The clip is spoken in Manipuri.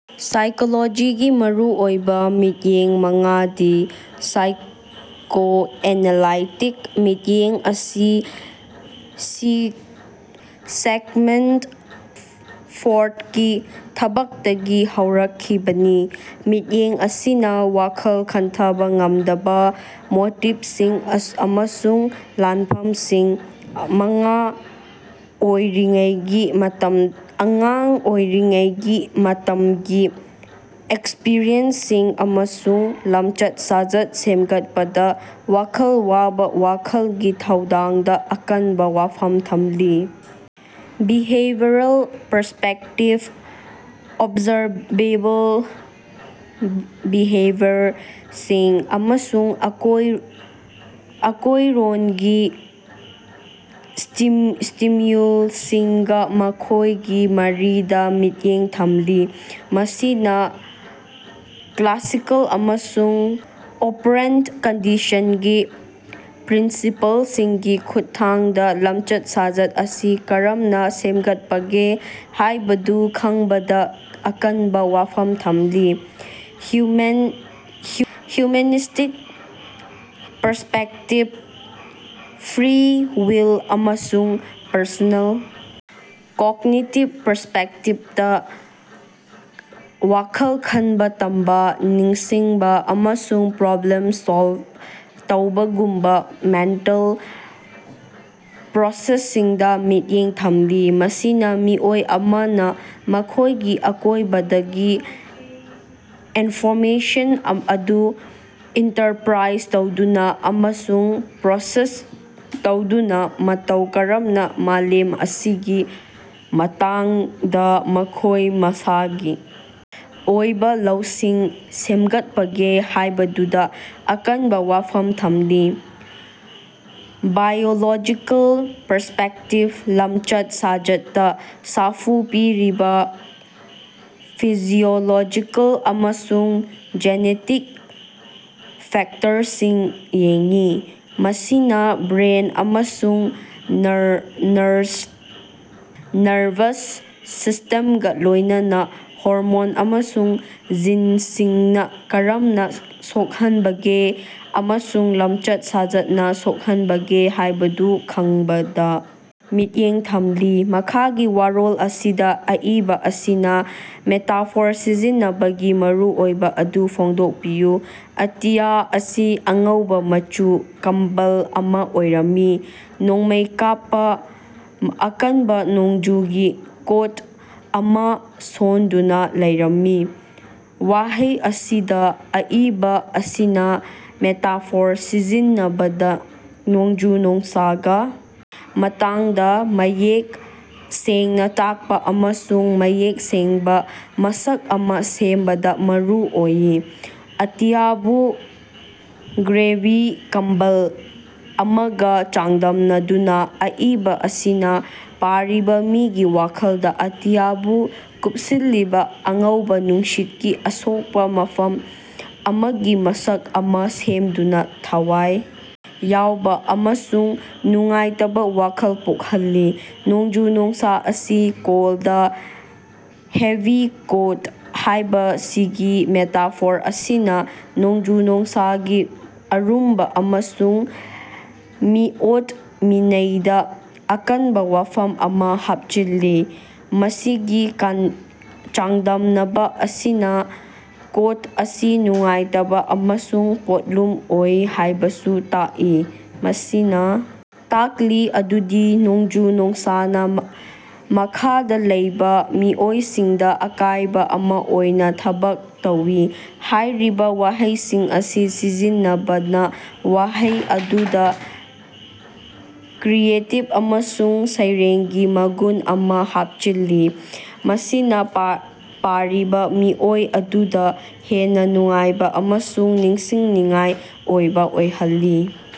ꯁꯥꯏꯀꯣꯂꯣꯖꯤꯒꯤ ꯃꯔꯨꯑꯣꯏꯕ ꯃꯤꯠꯌꯦꯡ ꯃꯉꯥꯗꯤ: ꯁꯥꯏꯀꯣꯑꯦꯅꯥꯂꯥꯏꯇꯤꯛ ꯃꯤꯠꯌꯦꯡ ꯑꯁꯤ ꯁꯤꯒꯃꯟꯗ ꯐ꯭ꯔꯣꯗꯀꯤ ꯊꯕꯛꯇꯒꯤ ꯍꯧꯔꯛꯈꯤꯕꯅꯤ, ꯃꯤꯠꯌꯦꯡ ꯑꯁꯤꯅ ꯋꯥꯈꯜ ꯈꯟꯊꯕ ꯉꯝꯗꯕ ꯃꯣꯇꯤꯕꯁꯤꯡ ꯑꯃꯁꯨꯡ ꯂꯥꯟꯐꯝꯁꯤꯡ, ꯑꯉꯥꯡ ꯑꯣꯏꯔꯤꯉꯩꯒꯤ ꯃꯇꯝꯒꯤ ꯑꯦꯛꯁꯄꯔꯤꯌꯦꯟꯁꯁꯤꯡ, ꯑꯃꯁꯨꯡ ꯂꯝꯆꯠ-ꯁꯥꯖꯠ ꯁꯦꯝꯒꯠꯄꯗ ꯋꯥꯈꯜ ꯋꯥꯕ ꯋꯥꯈꯜꯒꯤ ꯊꯧꯗꯥꯡꯗ ꯑꯀꯟꯕ ꯋꯥꯐꯝ ꯊꯝꯂꯤ꯫ ꯕꯤꯍꯦꯕꯤꯌꯔꯜ ꯄꯔꯁ꯭ꯄꯦꯛꯇꯤꯚ ꯑꯣꯕꯖꯥꯔꯕꯦꯕꯜ ꯕꯤꯍꯦꯕꯤꯌꯔꯁꯤꯡ ꯑꯃꯁꯨꯡ ꯑꯀꯣꯏꯔꯣꯟꯒꯤ ꯁ꯭ꯇꯤꯃ꯭ꯌꯨꯜꯁꯤꯡꯒꯥ ꯃꯈꯣꯏꯒꯤ ꯃꯔꯤꯗ ꯃꯤꯠꯌꯦꯡ ꯊꯝꯂꯤ꯫ ꯃꯁꯤꯅ ꯀ꯭ꯂꯥꯁꯤꯀꯦꯜ ꯑꯃꯁꯨꯡ ꯑꯣꯄꯔꯦꯟꯇ ꯀꯟꯗꯤꯁꯟꯒꯤ ꯄ꯭ꯔꯤꯟꯁꯤꯄꯜꯁꯤꯡꯒꯤ ꯈꯨꯠꯊꯥꯡꯗ ꯂꯝꯆꯠ-ꯁꯥꯖꯠ ꯑꯁꯤ ꯀꯔꯝꯅ ꯁꯦꯝꯒꯠꯄꯒꯦ ꯍꯥꯏꯕꯗꯨ ꯈꯪꯕꯗ ꯑꯀꯟꯕ ꯋꯥꯐꯝ ꯊꯝꯂꯤ꯫ ꯍ꯭ꯌꯨꯃꯦꯅꯤꯁ꯭ꯇꯤꯛ ꯄꯔꯁ꯭ꯄꯦꯛꯇꯤꯕ ꯐ꯭ꯔꯤ ꯋꯤꯜ ꯑꯃꯁꯨꯡ ꯄꯔꯁꯣꯅꯦꯜ ꯀꯣꯒꯅꯤꯇꯤꯕ ꯄꯔꯁ꯭ꯄꯦꯛꯇꯤꯕ ꯋꯥꯈꯜ ꯈꯟꯕ, ꯇꯝꯕ, ꯅꯤꯡꯁꯤꯡꯕ, ꯑꯃꯁꯨꯡ ꯄ꯭ꯔꯣꯕ꯭ꯂꯦꯝ ꯁꯣꯜꯕ ꯇꯧꯕꯒꯨꯝꯕ ꯃꯦꯟꯇꯦꯜ ꯄ꯭ꯔꯣꯁꯦꯁꯁꯤꯡꯗ ꯃꯤꯠꯌꯦꯡ ꯊꯝꯂꯤ꯫ ꯃꯁꯤꯅ ꯃꯤꯑꯣꯏ ꯑꯃꯅ ꯃꯈꯣꯏꯒꯤ ꯑꯀꯣꯏꯕꯗꯒꯤ ꯏꯟꯐꯣꯔꯃꯦꯁꯟ ꯑꯗꯨ ꯏꯟꯇꯔꯄ꯭ꯔꯥꯏꯖ ꯇꯧꯗꯨꯅ ꯑꯃꯁꯨꯡ ꯄ꯭ꯔꯣꯁꯦꯁ ꯇꯧꯗꯨꯅ ꯃꯇꯧ ꯀꯔꯝꯅ ꯃꯥꯂꯦꯝ ꯑꯁꯤꯒꯤ ꯃꯇꯥꯡꯗ ꯃꯈꯣꯏ ꯃꯁꯥꯒꯤ ꯑꯣꯏꯕ ꯂꯧꯁꯤꯡ ꯁꯦꯝꯒꯠꯄꯒꯦ ꯍꯥꯏꯕꯗꯨꯗ ꯑꯀꯟꯕ ꯋꯥꯐꯝ ꯊꯝꯂꯤ꯫ ꯕꯥꯏꯑꯣꯂꯣꯖꯤꯀꯦꯜ ꯄꯔꯁ꯭ꯄꯦꯛꯇꯤꯚ ꯂꯝꯆꯠ-ꯁꯥꯖꯠꯇ ꯁꯥꯐꯨ ꯄꯤꯔꯤꯕ ꯐꯤꯖꯤꯑꯣꯂꯣꯖꯤꯀꯦꯜ ꯑꯃꯁꯨꯡ ꯖꯦꯅꯦꯇꯤꯛ ꯐꯦꯛꯇꯔꯁꯤꯡ ꯌꯦꯡꯏ꯫ ꯃꯁꯤꯅ ꯕ꯭ꯔꯦꯟ ꯑꯃꯁꯨꯡ ꯅꯔꯚꯁ ꯁꯤꯁꯇꯦꯝꯒ ꯂꯣꯏꯅꯅ ꯍꯣꯔꯃꯣꯟ ꯑꯃꯁꯨꯡ ꯖꯤꯟꯁꯤꯡꯅ ꯀꯔꯝꯅ ꯁꯣꯛꯍꯟꯕꯒꯦ ꯑꯃꯁꯨꯡ ꯂꯝꯆꯠ-ꯁꯥꯖꯠꯅ ꯁꯣꯛꯍꯟꯕꯒꯦ ꯍꯥꯏꯕꯗꯨ ꯈꯪꯕꯗ ꯃꯤꯠꯌꯦꯡ ꯊꯝꯂꯤ꯫ ꯃꯈꯥꯒꯤ ꯋꯥꯔꯣꯜ ꯑꯁꯤꯗ ꯑꯏꯕ ꯑꯁꯤꯅ ꯃꯦꯇꯥꯐꯣꯔ ꯁꯤꯖꯤꯟꯅꯕꯒꯤ ꯃꯔꯨꯑꯣꯏꯕ ꯑꯗꯨ ꯐꯣꯡꯗꯣꯛꯄꯤꯌꯨ꯫ "ꯑꯇꯤꯌꯥ ꯑꯁꯤ ꯑꯉꯧꯕ ꯃꯆꯨ ꯀꯝꯕꯜ ꯑꯃ ꯑꯣꯏꯔꯝꯃꯤ, ꯅꯣꯡꯃꯩ ꯀꯥꯞꯄ, ꯑꯀꯟꯕ ꯅꯣꯡꯖꯨꯒꯤ ꯀꯣꯠ ꯑꯃ ꯁꯣꯟꯗꯨꯅ ꯂꯩꯔꯝꯃꯤ꯫"ꯋꯥꯍꯩ ꯑꯁꯤꯗ ꯑꯏꯕ ꯑꯁꯤꯅ ꯃꯦꯇꯥꯐꯣꯔ ꯁꯤꯖꯤꯟꯅꯕ ꯗ ꯅꯣꯡꯖꯨ-ꯅꯨꯡꯁꯥꯒꯤ ꯃꯇꯥꯡꯗ ꯃꯌꯦꯛ ꯁꯦꯡꯅ ꯇꯥꯛꯄ ꯑꯃꯁꯨꯡ ꯃꯌꯦꯛ ꯁꯦꯡꯕ ꯃꯁꯛ ꯑꯃ ꯁꯦꯝꯕꯗ ꯃꯔꯨ ꯑꯣꯏ꯫ ꯑꯇꯤꯌꯥꯕꯨ "ꯒ꯭ꯔꯦꯕꯤ ꯀꯝꯕꯜ" ꯑꯃꯒ ꯆꯥꯡꯗꯝꯅꯗꯨꯅ ꯑꯏꯕ ꯑꯁꯤꯅ ꯄꯥꯔꯤꯕ ꯃꯤꯒꯤ ꯋꯥꯈꯜꯗ ꯑꯇꯤꯌꯥꯕꯨ ꯀꯨꯞꯁꯤꯜꯂꯤꯕ ꯑꯉꯧꯕ ꯅꯨꯡꯁꯤꯠꯀꯤ ꯑꯁꯣꯛꯄ ꯃꯐꯝ ꯑꯃꯒꯤ ꯃꯁꯛ ꯑꯃ ꯁꯦꯝꯗꯨꯅ, ꯊꯋꯥꯏ ꯌꯥꯎꯕ ꯑꯃꯁꯨꯡ ꯅꯨꯡꯉꯥꯏꯇꯕ ꯋꯥꯈꯜ ꯄꯣꯛꯍꯜꯂꯤ꯫ ꯅꯣꯡꯖꯨ-ꯅꯨꯡꯁꯥ ꯑꯁꯤ "ꯀꯣꯜꯗ, ꯍꯦꯚꯤ ꯀꯣꯠ" ꯍꯥꯏꯕꯁꯤꯒꯤ ꯃꯦꯇꯥꯐꯣꯔ ꯑꯁꯤꯅ ꯅꯣꯡꯖꯨ-ꯅꯨꯡꯁꯥꯒꯤ ꯑꯔꯨꯝꯕ ꯑꯃꯁꯨꯡ ꯃꯤꯑꯣꯠ-ꯃꯤꯅꯩꯗ ꯑꯀꯟꯕ ꯋꯥꯐꯝ ꯑꯃ ꯍꯥꯞꯆꯤꯜꯂꯤ꯫ ꯃꯁꯤꯒꯤ ꯆꯥꯡꯗꯝꯅꯕ ꯑꯁꯤꯅ ꯀꯣꯠ ꯑꯁꯤ ꯅꯨꯡꯉꯥꯏꯇꯕ ꯑꯃꯁꯨꯡ ꯄꯣꯠꯂꯨꯝ ꯑꯣꯏ ꯍꯥꯏꯕꯁꯨ ꯇꯥꯛꯏ, ꯃꯁꯤꯅ ꯇꯥꯛꯂꯤ ꯑꯗꯨꯗꯤ ꯅꯣꯡꯖꯨ-ꯅꯨꯡꯁꯥꯅ ꯃꯈꯥꯗ ꯂꯩꯕ ꯃꯤꯑꯣꯏꯁꯤꯡꯗ ꯑꯀꯥꯏꯕ ꯑꯃ ꯑꯣꯏꯅ ꯊꯕꯛ ꯇꯧꯏ꯫ ꯍꯥꯏꯔꯤꯕ ꯋꯥꯍꯩꯁꯤꯡ ꯑꯁꯤ ꯁꯤꯖꯤꯟꯅꯕꯅ ꯋꯥꯍꯩ ꯑꯗꯨꯗ ꯀ꯭ꯔꯤꯌꯦꯇꯤꯕ ꯑꯃꯁꯨꯡ ꯁꯩꯔꯦꯡꯒꯤ ꯃꯒꯨꯟ ꯑꯃ ꯍꯥꯞꯆꯤꯜꯂꯤ, ꯃꯁꯤꯅ ꯄꯥꯔꯤꯕ ꯃꯤꯑꯣꯏ ꯑꯗꯨꯗ ꯍꯦꯟꯅ ꯅꯨꯡꯉꯥꯏꯕ ꯑꯃꯁꯨꯡ ꯅꯤꯡꯁꯤꯡꯅꯤꯡꯉꯥꯏ ꯑꯣꯏꯕ ꯑꯣꯏꯍꯜꯂꯤ꯫